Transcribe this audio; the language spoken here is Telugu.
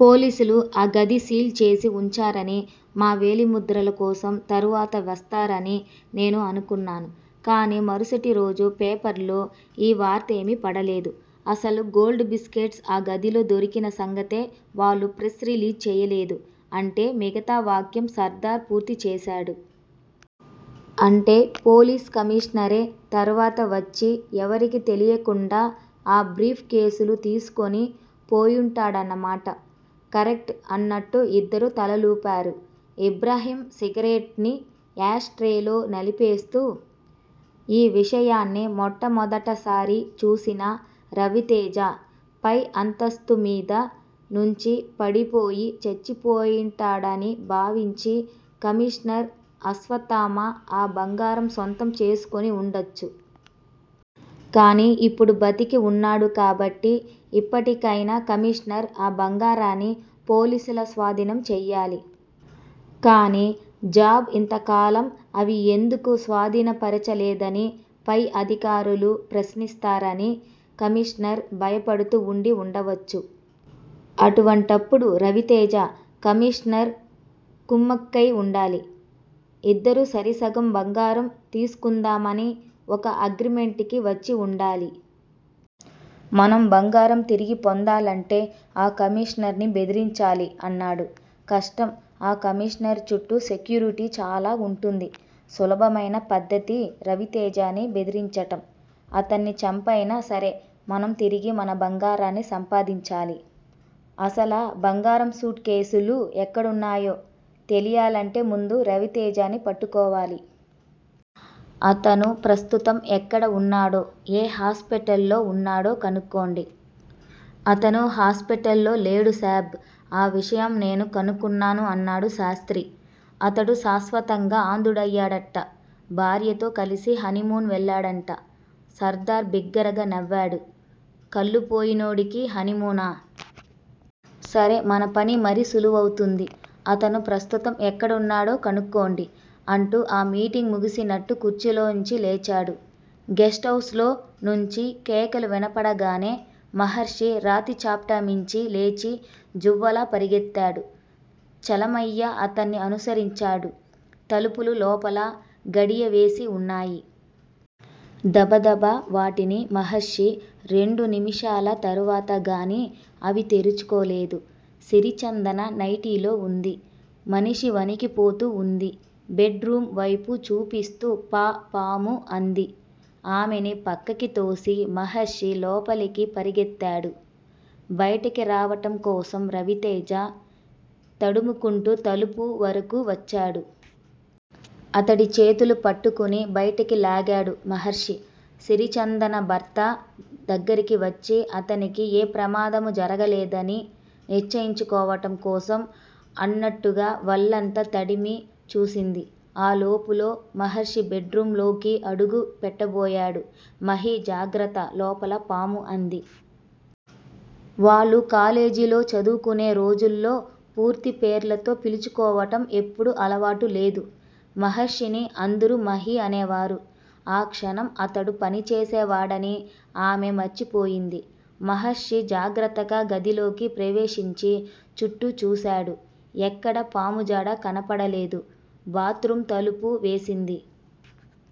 పోలీసులు ఆ గది సీల్ చేసి ఉంచారని, మా వేలిముద్రల కోసం తరువాత వస్తారని నేను అనుకున్నాను. కానీ మరుసటిరోజు పేపర్లో ఈ వార్తేమీ పడలేదు. అసలు గోల్డ్ బిస్కట్స్ ఆ గదిలో దొరికిన సంగతే వాళ్ళు ప్రెస్ రిలీజ్ చేయలేదు. అంటే మిగతా వాక్యం సర్దార్ పూర్తి చేశాడు. అంటే పోలీస్ కమీషనరే తర్వాత వచ్చి ఎవరికీ తెలియకుండా ఆ బ్రీఫ్ కేసులు తీసుకొని పోయుంటాడన్నమాట. కరెక్ట్ అన్నట్టు ఇద్దరూ తలలూపారు. ఇబ్రహీం సిగరెట్ ని యాష్ ట్రే లో నలిపేస్తూ ఈ విషయాన్ని మొట్టమొదటసారి చూసిన 'రవితేజ' పై అంతస్థుమీద నుంచి పడిపోయి చచ్చిపొయింటాడని భావించి కమీషనర్ అశ్వత్థామ ఆ బంగారం సొంతం చేసుకొని ఉండొచ్చు. కానీ ఇప్పుడు బతికి ఉన్నాడు కాబట్టి, ఇప్పటికైనా కమీషనర్ ఆ బంగారాన్ని పోలీసుల స్వాధీనం చేయాలి. కానీ సాబ్ ఇంతకాలం అవి ఎందుకు స్వాధీనపరచలేదని పై అధికారులు ప్రశ్నిస్తారని కమీషనర్ భయపడుతూ ఉండి ఉండవచ్చు! అటువంటప్పుడు రవితేజ, కమీషనర్ కుమ్మక్కై ఉండాలి. ఇద్దరూ చెరిసగం బంగారం తీసుకుందామని ఒక అగ్రిమెంటుకి వచ్చి ఉండాలి. మనం బంగారం తిరిగి పొందాలంటే ఆ కమీషనర్ ని బెదిరించాలి అన్నాడు. కష్టం. ఆ కమీషనర్ చుట్టూ సెక్యూరిటీ చాలా వుంటుంది. సులభమైన పద్ధతి రవితేజని బెదిరించటం. అతన్ని చంపైనా సరే మనం తిరిగి మన బంగారాన్ని సంపాదించాలి. అసలా బంగారం సూట్ కేస్ లు ఎక్కడున్నాయో తెలియాలంటే ముందు రవితేజని పట్టుకోవాలి. అతను ప్రస్తుతం ఎక్కడ వున్నాడో, ఏ హాస్పిటల్ లో ఉన్నాడో కనుక్కోండి. అతను హాస్పిటల్ లో లేడు సాబ్! ఆ విషయం నేను కనుక్కున్నాను అన్నాడు శాస్త్రి. అతడు శ్వాశతంగా అంధుడయ్యాడట. భార్యతో కలిసి హనీమూన్ వెళ్ళడంట. సర్దార్ బిగ్గరగా నవ్వాడు. కళ్ళు పోయినోడికి హనీమూనా? సరే- మన పని మరీ సులువవుతుంది. అతను ప్రస్తుతం ఎక్కడున్నాడో కనుక్కోండి అంటూ ఆ మీటింగ్ ముగిసినట్టు కుర్చీలోంచి లేచాడు. గెస్టు హౌస్ లో నుంచి కేక వినపడగానే, మహర్షి రాతిచప్టామీంచి లేచి జువ్వలా పరిగెత్తాడు. చలమయ్య అతన్ని అనుసరించాడు. తలుపులు లోపల గడియవేసి వున్నాయి. దబదబా వాటిని మహర్షి, రెండు నిమిషాల తర్వాత గానీ అవి తెరుచుకోలేదు. సిరిచందన నైటీలో వుంది. మనిషి వణికిపోతూ ఉంది. బెడ్ రూం వైపు చూపిస్తూ పా పాము అంది. ఆమెని పక్కకితోసి మహర్షి లోపలి పరిగెత్తాడు. బైటకి రావటం కోసం రవితేజ. తడుముకుంటూ తలుపు వరకూ వచ్చాడు. అతడి చేతులు పట్టుకుని బయటికి లాగాడు మహర్షి. సిరిచందన భర్త దగ్గరికి వచ్చి అతనికి ఏ ప్రమాదమూ జరగలేదని నిశ్చయించుకోవటం కోసం అన్నట్టుగా వళ్ళంతా తడిమి చూసింది. ఈ లోపులో మహర్షి బెడ్ రూం లోకి అడుగు పెట్టబోయాడు. మహీ, జాగ్రత్త! లోపల పాము అంది. వాళ్ళు కాలేజీలో చదువుకొనే రోజుల్లో పూర్తి పేర్లతో పిలుచుకోవటం ఎప్పుడూ అలవాటు లేదు. మహర్షిని అందరూ 'మహీ' అనేవారు. ఆ ఆ క్షణం అతడు పనిచేసేవాడని ఆమె మర్చిపోయింది. మహర్షి జాగ్రత్తగా గదిలోకి ప్రవేశించి చుట్టూ చూశాడు. ఎక్కడా పాముజాడ కనపడలేదు. బాత్ రూం తలుపు వేసింది.